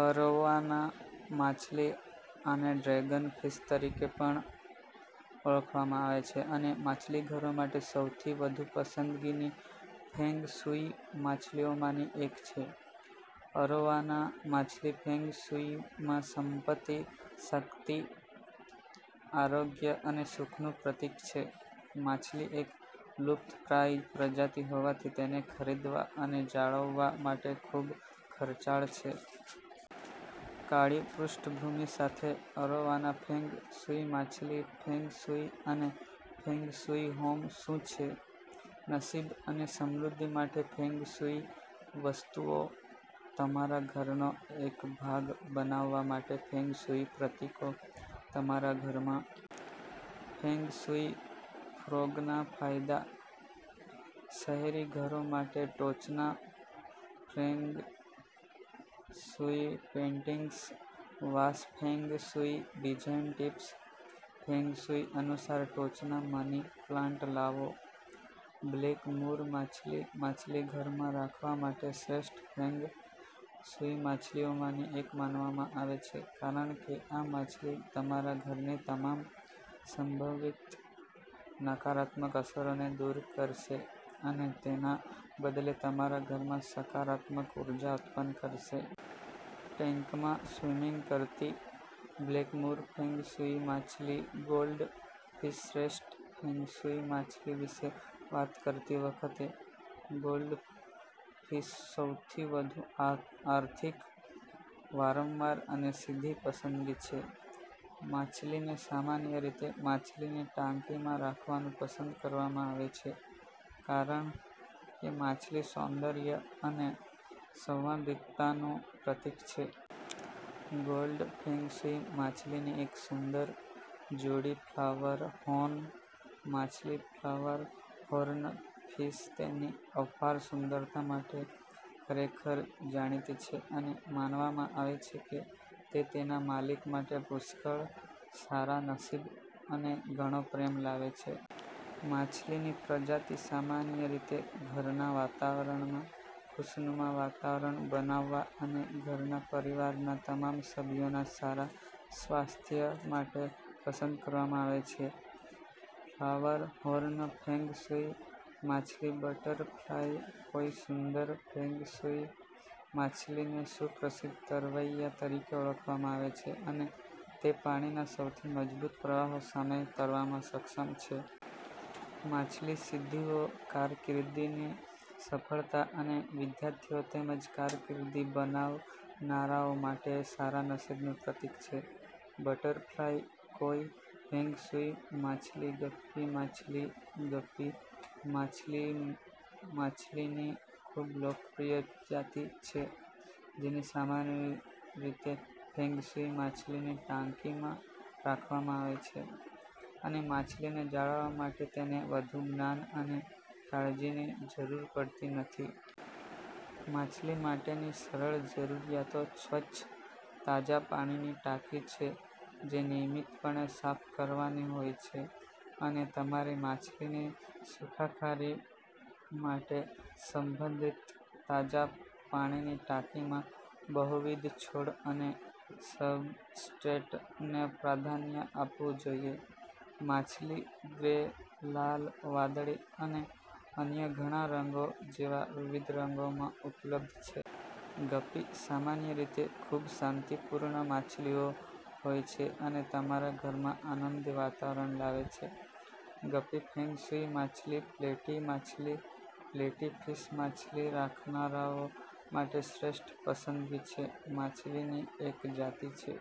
Arowana માછલી આને dragon fish તરીકે પણ ઓળખવામાં આવે છે અને માછલીઘરો માટે સૌથી વધુ પસંદગીની ફેંગ શુઇ માછલીઓમાંની એક છે. અરોવાના માછલી ફેંગ શુઇમાં સંપત્તિ, શક્તિ, આરોગ્ય અને સુખનું પ્રતીક છે. માછલી એક લુપ્તપ્રાય પ્રજાતિ હોવાથી તેને ખરીદવા અને જાળવવા માટે ખૂબ ખર્ચાળ છે. કાળી પૃષ્ઠભૂમિ સાથે અરોવાના ફેંગ શુઇ માછલી ફેંગ શુઇ અને ફેંગ શુઇ હોમ શું છે, નસીબ અને સમૃદ્ધિ માટે ફેંગ શુઇ વસ્તુઓ, તમારા ઘરનો એક ભાગ બનાવવા માટે ફેંગ શુઇ પ્રતીકો, તમારા ઘરમાં ફેંગશુઈ ફ્રોગના ફાયદા, શહેરી ઘરો માટે ટોચના ફેંગ શુઇ પેઇન્ટિંગ્સ, વાંસ feng shui design tips, feng shui અનુસાર ટોચના મની પ્લાન્ટ લાવો, બ્લેક મૂર માછલી માછલીઘરમાં રાખવા માટે શ્રેષ્ઠ ફેંગ શુઇ માછલીઓમાંની એક માનવામાં આવે છે કારણ કે આ માછલી તમારા ઘરની તમામ સંભવિત નકારાત્મક અસરોને દૂર કરશે અને તેના બદલે તમારા ઘરમાં સકારાત્મક ઉર્જા ઉત્પન્ન કરશે. ટેન્કમાં સ્વિમિંગ કરતી બ્લેક મૂર ફેંગ શુઇ માછલીગોલ્ડ ફિશ શ્રેષ્ઠ ફેંગ શુઇ માછલી વિશે વાત કરતી વખતે, ગોલ્ડફિશસૌથી વધુ આર્થિક, વારંવાર અને સીધી પસંદગી છે. માછલીને સામાન્ય રીતે માછલીની ટાંકીમાં રાખવાનું પસંદ કરવામાં આવે છે કારણ કેમાછલી સૌંદર્ય અને સંવાદિતાનું પ્રતીક છે. ગોલ્ડ ફેંગ શુઇ માછલીની એક સુંદર જોડીફ્લાવર હોર્ન માછલી ફ્લાવર હોર્ન ફિશ તેની અપાર સુંદરતા માટે ખરેખર જાણીતી છે અને માનવામાં આવે છે કે તે તેના માલિક માટે પુષ્કળ સારા નસીબ અને ઘણો પ્રેમ લાવે છે. માછલીનીપ્રજાતિ સામાન્ય રીતે ઘરના વાતાવરણમાં ખુશનુમા વાતાવરણ બનાવવા અને ઘરના પરિવારના તમામ સભ્યોના સારા સ્વાસ્થ્ય માટે પસંદ કરવામાં આવે છે. ફ્લાવર હોર્ન ફેંગ શુઇ માછલીબટરફ્લાય કોઈસુંદર ફેંગ શુઇ માછલીને સુપ્રસિદ્ધ તરવૈયા તરીકે ઓળખવામાં આવે છે અને તે પાણીના સૌથી મજબૂત પ્રવાહો સામે તરવામાં સક્ષમ છે. માછલી સિદ્ધિઓ, કારકિર્દીની સફળતા અને વિદ્યાર્થીઓ તેમજ કારકિર્દી બનાવનારાઓ માટે સારા નસીબનું પ્રતીક છે. બટરફ્લાય કોઈ ફેંગ શુઇ માછલીગપ્પી માછલી ગપ્પી માછલીમાછલીની ખૂબલોકપ્રિય જાતિ છે જેને સામાન્ય રીતે ફેંગ શુઇ માછલીની ટાંકીમાં રાખવામાં આવે છે, અનેમાછલીને જાળવવા માટે તેને વધુ જ્ઞાન અને કાળજીની જરૂર પડતી નથી. માછલી માટેની સરળ જરૂરિયાતો સ્વચ્છ તાજા પાણીની ટાંકી છે જે નિયમિતપણે સાફ કરવાની હોય છે, અને તમારેમાછલીની સુખાકારી માટે સંબંધિત તાજા પાણીની ટાંકીમાં બહુવિધ છોડ અને સબસ્ટ્રેટને પ્રાધાન્ય આપવું જોઈએ. માછલી ગ્રે, લાલ, વાદળી અને અન્ય ઘણા રંગો જેવા વિવિધ રંગોમાં ઉપલબ્ધ છે. ગપ્પી સામાન્ય રીતે ખૂબશાંતિપૂર્ણ માછલીઓ હોય છે અને તમારા ઘરમાં આનંદી વાતાવરણ લાવે છે. ગપ્પી ફેંગ શુઇ માછલીપ્લેટી માછલી પ્લેટી ફિશ માછલી રાખનારાઓ માટે શ્રેષ્ઠ પસંદગી છે. માછલીની એક જાતિ છે